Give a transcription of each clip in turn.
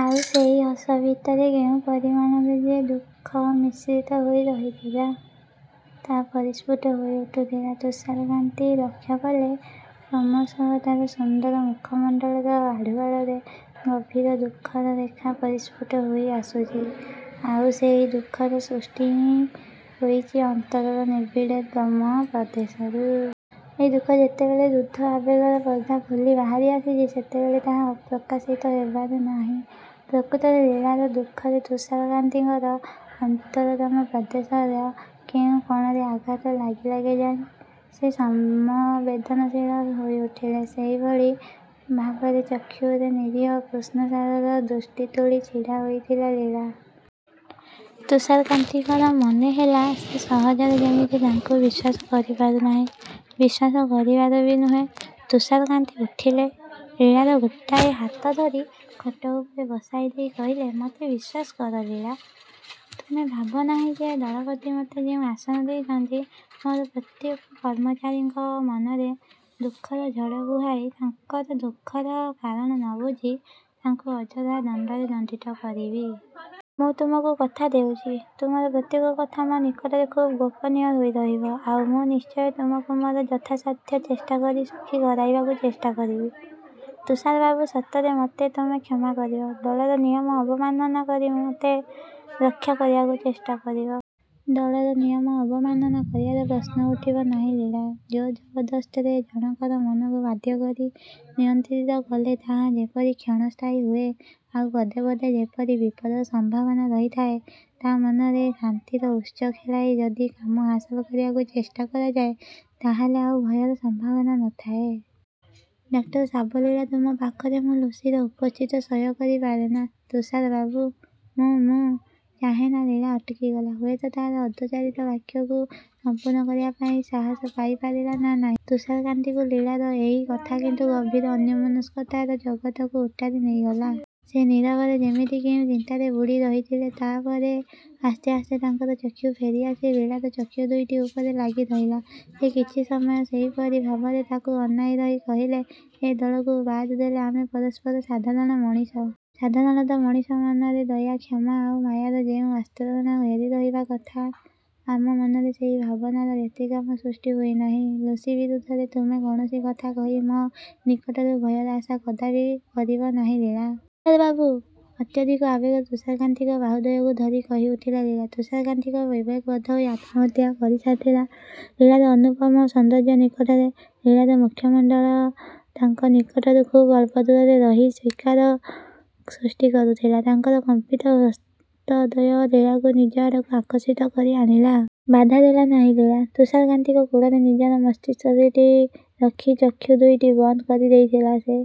ଆଉ ସେହି ହସ ଭିତରେ କେଉଁ ପରିମାଣରେ ଯେ ଦୁଃଖ ମିଶ୍ରିତ ହୋଇ ରହିଥିଲା, ତାହା ପରିଷ୍ଫୁଟ ହୋଇଉଠୁଥିଲା। ତୁଷାରକାନ୍ତି ଲକ୍ଷ୍ୟ କଲେ, କ୍ରମଶଃ ତାର ସୁନ୍ଦର ମୁଖମଣ୍ଡଳର ଆଢ଼ୁଆଳରେ ଗଭୀର ଦୁଃଖର ରେଖା ପରିଷ୍ଫୁଟ ହୋଇ ଆସୁଛି। ଆଉ ସେହି ଦୁଃଖର ସୃଷ୍ଟି ହିଁ ହୋଇଛି ଅନ୍ତରର ନିବିଡ଼ତମ ପ୍ରଦେଶରୁ। ଏ ଦୁଃଖ ଯେତେବେଳେ ରୁଦ୍ଧ ଆବେଗର ପର୍ଦ୍ଦା ଖୋଲି ବାହାରି ଆସିଛି, ସେତେବେଳେ ତାହା ଅପ୍ରକାଶିତ ହେବାର ନୁହେଁ। ପ୍ରକୃତରେ ଲୀଳାର ଦୁଃଖରେ ତୁଷାରକାନ୍ତିଙ୍କର ଅନ୍ତରତମ ପ୍ରଦେଶର କେଉଁ କୋଣରେ ଆଘାତ ଲାଗିଲା କେଜାଣି, ସେ ସମବେଦନଶୀଳ ହୋଇଉଠିଲେ। ସେହିଭଳି ଭାବରେ ଚକ୍ଷୁରେ ନିରୀହ କୃଷ୍ଣସାରର ଦୃଷ୍ଟି ତୋଳି ଛିଡ଼ା ହୋଇଥିଲା ଲୀଳା। ତୁଷାରକାନ୍ତିଙ୍କର ମନେହେଲା, ସେ ସହଜରେ ଯେମିତି ତାଙ୍କୁ ବିଶ୍ୱାସ କରିପାରୁନାହିଁ। ବିଶ୍ୱାସ କରିବାର ବି ନୁହେଁ। ତୁଷାରକାନ୍ତି ଉଠିଲେ। ଲୀଳାର ଗୋଟାଏ ହାତ ଧରି ଖଟ ଉପରେ ବସାଇ ଦେଇ କହିଲେ, ମୋତେ ବିଶ୍ୱାସ କର ଲୀଳା। ତୁମେ ଭାବ ନାହିଁ ଯେ ଦଳପତି ମୋତେ ଯେଉଁ ଆସନ ଦେଇଛନ୍ତି, ମୋର ପ୍ରତ୍ୟେକ କର୍ମଚାରୀଙ୍କ ମନରେ ଦୁଃଖର ଝଡ଼ ବୁହାଇ, ତାଙ୍କର ଦୁଃଖର କାରଣ ନ ବୁଝି ତାଙ୍କୁ ଅଯଥା ଦଣ୍ଡରେ ଦଣ୍ଡିତ କରିବି। ମୁଁ ତୁମକୁ କଥା ଦେଉଛି, ତୁମର ପ୍ରତ୍ୟେକ କଥା ମୋ ନିକଟରେ ଖୁବ୍ ଗୋପନୀୟ ହୋଇ ରହିବ। ଆଉ ମୁଁ ନିଶ୍ଚୟ ତୁମକୁ ମୋର ଯଥାସାଧ୍ୟ ଚେଷ୍ଟା କରି ସୁଖୀ କରାଇବାକୁ ଚେଷ୍ଟା କରିବି। ତୁଷାର ବାବୁ, ସତରେ ମୋତେ ତୁମେ କ୍ଷମା କରିବ? ଦଳର ନିୟମ ଅବମାନନା କରି ମୋତେ ରକ୍ଷା କରିବାକୁ ଚେଷ୍ଟା କରିବ? ଦଳର ନିୟମ ଅବମାନନା କରିବାର ପ୍ରଶ୍ନ ଉଠିବ ନାହିଁ, ଲୀଳା। ଜୋର୍‌ଜବରଦସ୍ତରେ ଜଣକର ମନକୁ ବାଧ୍ୟ କରି ନିୟନ୍ତ୍ରିତ କଲେ ତାହା ଯେପରି କ୍ଷୀଣସ୍ଥାୟୀ ହୁଏ, ଆଉ ପଦେ ପଦେ ଯେପରି ବିପଦର ସମ୍ଭାବନା ରହିଥାଏ, ତା ମନରେ ଶାନ୍ତିର ଉତ୍ସ ଖେଳାଇ ଯଦି କାମ ହାସଲ କରିବାକୁ ଚେଷ୍ଟା କରାଯାଏ, ତା ହେଲେ ଆଉ ଭୟର ସମ୍ଭାବନା ନଥାଏ। ଡକ୍ଟର ସାବ, ଲୀଳା, ତୁମ ପାଖରେ ମୁଁ ଲୁସିର ଉପସ୍ଥିତି ସହ୍ୟ କରିପାରେନା, ତୁଷାର ବାବୁ। ମୁଁ ମୁଁ ଚାହେଁନା ଲୀଳା ଅଟକିଗଲା। ହୁଏତ ତାର ଅର୍ଦ୍ଧୋଚ୍ଚାରିତ ବାକ୍ୟକୁ ସମ୍ପୂର୍ଣ୍ଣ କରିବା ପାଇଁ ସାହସ ପାଇପାରିଲା ନାଁ ନାଇଁ । ତୁଷାରକାନ୍ତିଙ୍କୁ ଲୀଳାର ଏହି କଥା କିନ୍ତୁ ଗଭୀର ଅନ୍ୟମନସ୍କତାର ଜଗତକୁ ଓଟାରି ନେଇଗଲା। ସେ ନୀରବରେ ଯେମିତି କେଉଁ ଚିନ୍ତାରେ ବୁଡ଼ି ରହିଥିଲେ। ତା ପରେ ଆସ୍ତେ ଆସ୍ତେ ତାଙ୍କର ଚକ୍ଷୁ ଫେରି ଆସି ଲୀଳାର ଚକ୍ଷୁ ଦୁଇଟି ଉପରେ ଲାଗିରହିଲା। ସେ କିଛି ସମୟ ସେହିପରି ଭାବରେ ତାକୁ ଅନାଇ ରହି କହିଲେ, ଏ ଦଳକୁ ବାଦ୍ ଦେଲେ ଆମେ ପରସ୍ପର ସାଧାରଣ ମଣିଷ। ସାଧାରଣତଃ ମଣିଷ ମନରେ ଦୟା, କ୍ଷମା ଆଉ ମାୟାର ଯେଉଁ ଆସ୍ତରଣ ଘେରି ରହିବା କଥା, ଆମ ମନରେ ସେହି ଭାବନାର ବ୍ୟତିକ୍ରମ ସୃଷ୍ଟି ହୋଇନାହିଁ। ଲୁସି ବିରୁଦ୍ଧରେ ତୁମେ କୌଣସି କଥା କହି ମୋ ନିକଟରୁ ଭୟର ଆଶା କଦାପି କରିବ ନାହିଁ, ଲୀଳା। ଏ ବାବୁ! ଅତ୍ୟଧିକ ଆବେଗରେ ତୁଷାରକାନ୍ତିଙ୍କ ବାହୁଦ୍ୱୟକୁ ଧରି କହିଉଠିଲା ଲୀଳା। ତୁଷାରକାନ୍ତିଙ୍କ ବିବେକ ବୋଧହୁଏ ଆତ୍ମହତ୍ୟା କରିସାରିଥିଲା ଲୀଳାର ଅନୁପମ ସୌନ୍ଦର୍ଯ୍ୟ ନିକଟରେ। ଲୀଳାର ମୁଖମଣ୍ଡଳ ତାଙ୍କ ନିକଟରୁ ଖୁବ୍ ଅଳ୍ପ ଦୂରରେ ରହି ସୀତ୍କାର ସୃଷ୍ଟି କରୁଥିଲା। ତାଙ୍କର କମ୍ପିତ ହସ୍ତଦ୍ୱୟ ଲୀଳାକୁ ନିଜ ଆଡ଼କୁ ଆକର୍ଷିତ କରି ଆଣିଲା। ବାଧା ଦେଲା ନାହିଁ ଲୀଳା। ତୁଷାରକାନ୍ତିଙ୍କ କୋଳରେ ନିଜର ମସ୍ତିଷ୍କ ଦୁଇଟି ରଖି ଚକ୍ଷୁ ଦୁଇଟି ବନ୍ଦ କରିଦେଇଥିଲା ସେ।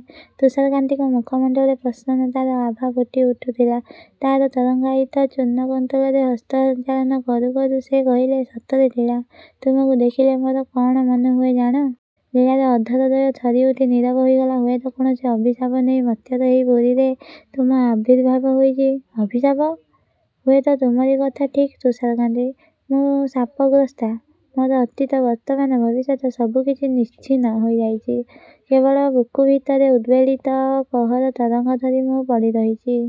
ତୁଷାରକାନ୍ତିଙ୍କ ମୁଖମଣ୍ଡଳରେ ପ୍ରସନ୍ନତାର ଆଭା ଫୁଟିଉଠୁଥିଲା। ତାର ତରଙ୍ଗାୟିତ ଚୂର୍ଣ୍ଣ କୁନ୍ତଳରେ ହସ୍ତ ସଞ୍ଚାଳନ କରୁ କରୁ ସେ କହିଲେ, ସତରେ ଲୀଳା, ତୁମକୁ ଦେଖିଲେ ମୋର କଣ ମନେହୁଏ ଜାଣ? ଲୀଳାର ଅଧରଦ୍ୱୟ ଥରିଉଠି ନୀରବ ହୋଇଗଲା। ହୁଏତ କୌଣସି ଅଭିଶାପ ନେଇ ମର୍ତ୍ତ୍ୟର ଏହି ପୁରୀରେ ତୁମର ଆବିର୍ଭାବ ହୋଇଛି। ଅଭିଶାପ ହୁଏତ ତୁମରି କଥା ଠିକ୍ ତୁଷାରକାନ୍ତି। ମୁଁ ଶାପଗ୍ରସ୍ତା। ମୋର ଅତୀତ, ବର୍ତ୍ତମାନ, ଭବିଷ୍ୟତ ସବୁ କିଛି ନିଶ୍ଚିହ୍ନ ହୋଇଯାଇଛି। କେବଳ ବୁକୁ ଭିତରେ ଉଦ୍‌ବେଳିତ କୋହର ତରଙ୍ଗ ଧରି ମୁଁ ପଡ଼ିରହିଛି।